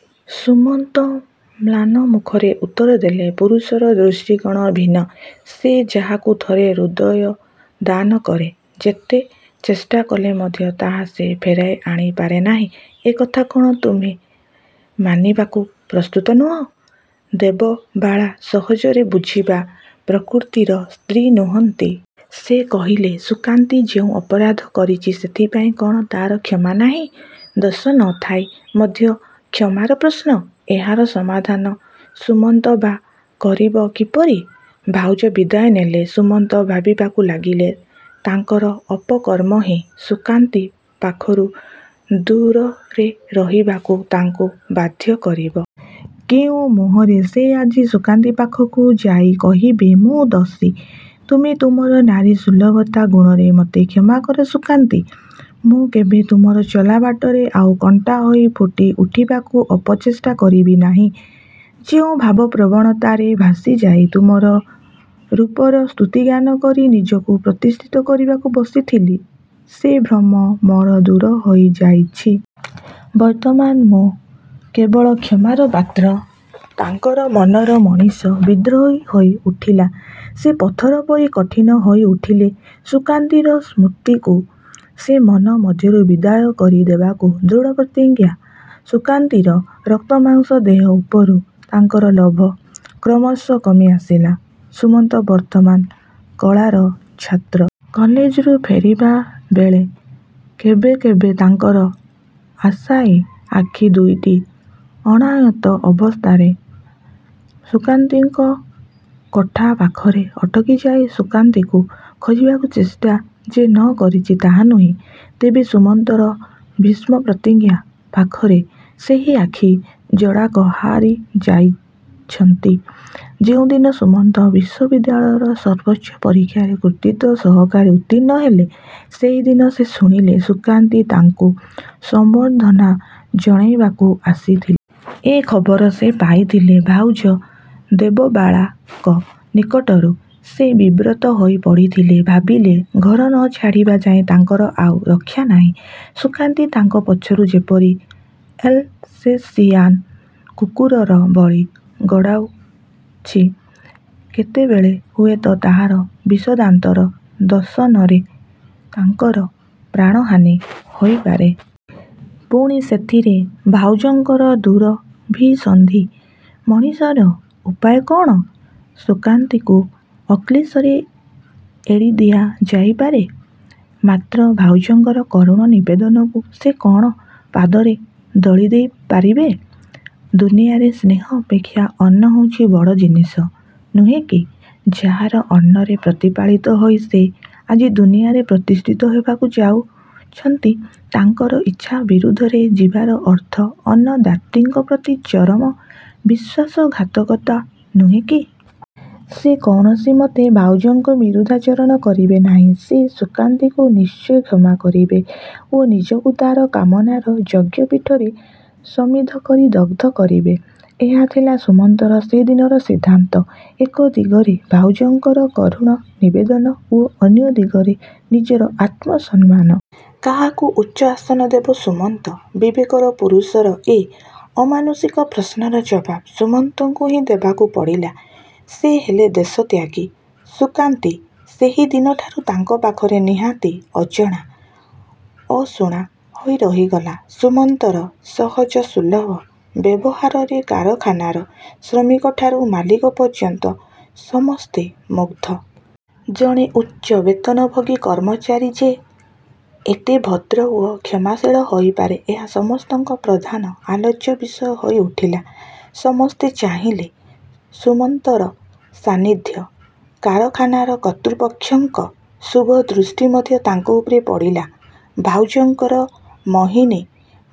'' ସୁମନ୍ତ ମ୍ଳାନ ମୁଖରେ ଉତ୍ତରଦେଲେ, ''ପୁରୁଷର ଦୃଷ୍ଟିକୋଣ ଭିନ୍ନ। ସେ ଯାହାକୁ ଥରେ ହୃଦୟ ଦାନ କରେ। ଯେତେ ଚେଷ୍ଟାକଲେ ମଧ୍ୟ ତାହା ସେ ଫେରାଇ ଆଣିପାରେ ନାହିଁ। ଏ କଥା କ'ଣ ତୁମେ ମାନିବାକୁ ପ୍ରସ୍ତୁତ ନୁହଁ? '' ଦେବବାଳା ସହଜରେ ବୁଝିବା ପ୍ରକୃତିର ସ୍ତ୍ରୀ ନୁହଁନ୍ତି। ସେ କହିଲେ, ''ସୁକାନ୍ତୀ ଯେଉଁ ଅପରାଧ କରିଛି ସେଥିପାଇଁ କ'ଣ ତା'ର କ୍ଷମା ନାହିଁ? '' ଦୋଷ ନ ଥାଇ ମଧ୍ୟ କ୍ଷମାର ପ୍ରଶ୍ନ? ଏହାର ସମାଧାନ ସୁମନ୍ତ ବା କରିବ କିପରି? ଭାଉଜ ବିଦାୟ ନେଲେ। ସୁମନ୍ତ ଭାବିବାକୁ ଲାଗିଲେ ତାଙ୍କର ଅପକର୍ମ ହିଁ ସୁକାନ୍ତୀ ପାଖରୁ ଦୂରରେରହିବାକୁ ତାଙ୍କୁ ବାଧ୍ୟ କରିବ। କେଉଁ ମୁହଁରେ ସେ ଆଜି ସୁକାନ୍ତୀ ପାଖକୁ ଯାଇ କହିବେ, ''ମୁଁ ଦୋଷୀ। ତୁମେ ତୁମର ନାରୀ ସୁଲଭତା ଗୁଣରେ ମୋତେ କ୍ଷମାକର ସୁକାନ୍ତୀ। ମୁଁ କେବେ ତୁମର ଚଲାବାଟରେ ଆଉ କଣ୍ଟାହୋଇ ଫୁଟିଉଠିବାକୁ ଅପଚେଷ୍ଟା କରିବି ନାହିଁ। ଯେଉଁ ଭାବପ୍ରବଣତାରେ ଭାସିଯାଇ ତୁମର ରୂପର ସ୍ତୁତିଗାନ କରି ନିଜକୁ ପ୍ରତିଷ୍ଠିତ କରିବାକୁ ବସିଥିଲି, ସେ ଭ୍ରମ ମୋର ଦୂର ହୋଇଯାଇଛି। ବର୍ତ୍ତମାନ ମୁଁ କେବଳ କ୍ଷମାର ପାତ୍ର। '' ତାଙ୍କର ମନର ମଣିଷ ବିଦ୍ରୋହୀ ହୋଇଉଠିଲା। ସେ ପଥର ପରି କଠିନ ହୋଇଉଠିଲେ। ସୁକାନ୍ତୀର ସ୍ମୃତିକୁ ସେ ମନ ମଧ୍ୟରୁ ବିଦାୟ କରିଦେବାକୁ ଦୃଢ଼ପ୍ରତିଜ୍ଞ। ସୁକାନ୍ତୀର ରକ୍ତମାଂସ ଦେହ ଉପରୁ ତାଙ୍କର ଲୋଭ କ୍ରମଶଃ କମିଆସିଲା। ସୁମନ୍ତ ବର୍ତ୍ତମାନ କଳାର ଛାତ୍ର। କଲେଜରୁ ଫେରିବାବେଳେ କେବେକେବେ ତାଙ୍କର ଆଶାୟୀ ଆଖି ଦୁଇଟି ଅଣାୟତ୍ତ ଅବସ୍ଥାରେ ସୁକାନ୍ତୀଙ୍କ କୋଠା ପାଖରେ ଅଟକି ଯାଇ ସୁକାନ୍ତୀକୁ ଖୋଜିବାର ଚେଷ୍ଟା ଯେ ନ କରିଛି ତାହା ନୁହେଁ, ତେବେ ସୁମନ୍ତର ଭୀଷ୍ମ ପ୍ରତିଜ୍ଞା ପାଖରେ ସେହି ଆଖି ଯୋଡ଼ାକ ହାରି ଯାଇଛନ୍ତି। ଯେଉଁ ଦିନ ସୁମନ୍ତ ବିଶ୍ୱବିଦ୍ୟାଳୟର ସର୍ବୋଚ୍ଚ ପରୀକ୍ଷାରେ କୃତିତ୍ଵ ସହକାରେ ଉତ୍ତୀର୍ଣ୍ଣ ହେଲେ, ସେଦିନ ସେ ଶୁଣିଲେ ସୁକାନ୍ତୀ ତାଙ୍କୁ ସମ୍ବର୍ଦ୍ଧନା ଜଣାଇବାକୁ ଆସିଥିଲା। ଏ ଖବର ସେ ପାଇଥିଲେ ଭାଉଜ ଦେବବାଳାଙ୍କ ନିକଟରୁ। ସେ ବିବ୍ରତ ହୋଇପଡ଼ିଥିଲେ। ଭାବିଲେ ଘର ନ ଛାଡ଼ିବା ଯାଏ ତାଙ୍କର ଆଉ ରକ୍ଷାନାହିଁ। ସୁକାନ୍ତୀ ତାଙ୍କୁ ପଛରୁ ଯେପରି ଏଲସେସିଆନ୍ କୁକୁର ଭଳି ଗୋଡ଼ାଉଛି କେତେବେଳେ ହୁଏତ ତାହାର ବିଷଦାନ୍ତର ଦଂଶନରେ ତାଙ୍କର ପ୍ରାଣହାନୀ ହୋଇପାରେ। ପୁଣି ସେଥିରେ ଭାଉଜଙ୍କର ଦୁରଭିସନ୍ଧି! ମଣିଷର ଉପାୟ କ'ଣ? ସୁକାନ୍ତୀକୁ ଅକ୍ଳେଶରେ ଏଡ଼ିଦିଆଯାଇପାରେ; ମାତ୍ର ଭାଉଜଙ୍କର କରୁଣ ନିବେଦନକୁ ସେ କ'ଣ ପାଦରେ ଦଳିଦେଇ ପାରିବେ? ଦୁନିଆରେ ସ୍ନେହ ଅପେକ୍ଷା ଅନ୍ନ ହେଉଛି ବଡ଼ ଜିନିଷ ନୁହେଁ କି? ଯାହାର ଅନ୍ନରେ ପ୍ରତିପାଳିତ ହୋଇ ସେ ଆଜି ଦୁନିଆରେ ପ୍ରତିଷ୍ଠିତ ହେବାକୁ ଯାଉଛନ୍ତି ତାଙ୍କର ଇଚ୍ଛା ବିରୁଦ୍ଧରେ ଯିବାର ଅର୍ଥ ଅନ୍ନଦାତ୍ରୀଙ୍କପ୍ରତି ଚରମ ବିଶ୍ୱାସଘାତକତା ନୁହେଁ କି? ସେ କୌଣସିମତେ ଭାଉଜଙ୍କ ବିରୁଦ୍ଧାଚରଣ କରିପାରିବେ ନାହିଁ। ସେ ସୁକାନ୍ତୀକୁ ନିଶ୍ଚୟ କ୍ଷମା କରିବେ ଓ ନିଜକୁ ତା'ର କାମନାର ଯଜ୍ଞପୀଠରେ ସମିଧ କରି ଦଗ୍ଧ କରିବେ। ଏହା ହେଲା ସୁମନ୍ତର ସେଦିନର ସିଦ୍ଧାନ୍ତ। ଏକ ଦିଗରେ ଭାଉଜଙ୍କର କରୁଣ ନିବେଦନ ଓ ଅନ୍ୟ ଦିଗରେ ନିଜର ଆତ୍ମସମ୍ମାନ। କାହାକୁ ଉଚ୍ଚଆସନ ଦେବ ସୁମନ୍ତ? ବିବେକ ପୁରୁଷର ଏ ଅମାନୁଷିକ ପ୍ରଶ୍ନର ଜବାବ୍ ସୁମନ୍ତଙ୍କୁ ହିଁ ଦେବାକୁ ପଡ଼ିଲା। ସେ ହେଲେ ଦେଶତ୍ୟାଗୀ। ସୁକାନ୍ତୀ ସେହିଦିନଠାରୁ ତାଙ୍କ ପାଖରେ ନିହାତି ଅଜଣା, ଅଶୁଣା ହୋଇ ରହିଗଲା। ସୁମନ୍ତର ସହଜସୁଲଭ ବ୍ୟବହାରରେ କାରଖାନାର ଶ୍ରମିକଠାରୁ ମାଲିକ ପର୍ଯ୍ୟନ୍ତ ସମସ୍ତେ ମୁଗ୍ଧ। ଜଣେ ଉଚ୍ଚ ବେତନଭୋଗୀ କର୍ମଚାରୀ ଯେ ଏତେ ଭଦ୍ର ଓ କ୍ଷମାଶୀଳ ହୋଇପାରେ ଏହା ସମସ୍ତଙ୍କର ପ୍ରଧାନ ଆଲୋଚ୍ୟ ବିଷୟ ହୋଇଉଠିଲା। ସମସ୍ତେ ଚାହିଁଲେ ସୁମନ୍ତର ସାନିଧ୍ୟ। କାରଖାନାର କର୍ତ୍ତୃପକ୍ଷଙ୍କ ଶୁଭଦୃଷ୍ଟି ମଧ୍ୟ ତାଙ୍କ ଉପରେ ପଡ଼ିଲା। ଭାଉଜଙ୍କର ମୋହିନୀ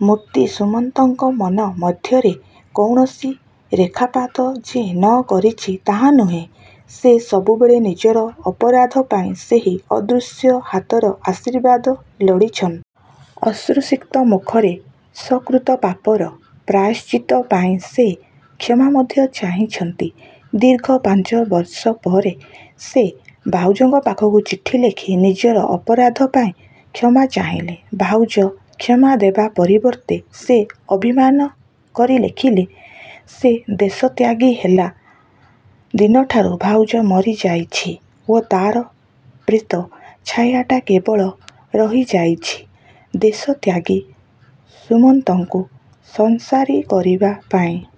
ମୂର୍ତ୍ତି ସୁମନ୍ତଙ୍କ ମନ ମଧ୍ୟରେ କୌଣସି ରେଖାପାତ ଯେ ନ କରିଛି ତାହା ନୁହେଁ, ସେ ସବୁବେଳେ ନିଜର ଅପରାଧ ପାଇଁ ସେହି ଅଦୃଶ୍ୟ ହାତର ଆଶୀର୍ବାଦ ଲୋଡ଼ିଛନ୍ତି। ଅଶ୍ରୁସିକ୍ତ ମୁଖରେ ସ୍ୱକୃତ ପାପର ପ୍ରାୟଶ୍ଚିତ୍ତ ପାଇଁ ସେ କ୍ଷମା ମଧ୍ୟ ଚାହିଁଛନ୍ତି। ଦୀର୍ଘ ପାଞ୍ଚବର୍ଷ ପରେ ସେ ଭାଉଜଙ୍କ ପାଖକୁ ଚିଠି ଲେଖି ନିଜର ଅପରାଧ ପାଇଁ କ୍ଷମା ଚାହିଁଲେ। ଭାଉଜ କ୍ଷମାଦେବା ପରିବର୍ତ୍ତେ ସେ ଅଭିମାନ କରି ଲେଖିଲେ, 'ସେ ଦେଶତ୍ୟାଗୀ ହେଲା ଦିନଠାରୁ ଭାଉଜ ମରିଯାଇଛି ଓ ତା'ର ପ୍ରେତ ଛାୟାଟା କେବଳ ରହିଯାଇଛି ଦେଶତ୍ୟାଗୀ ସୁମନ୍ତଙ୍କୁ ସଂସାରୀ କରିବା ପାଇଁ।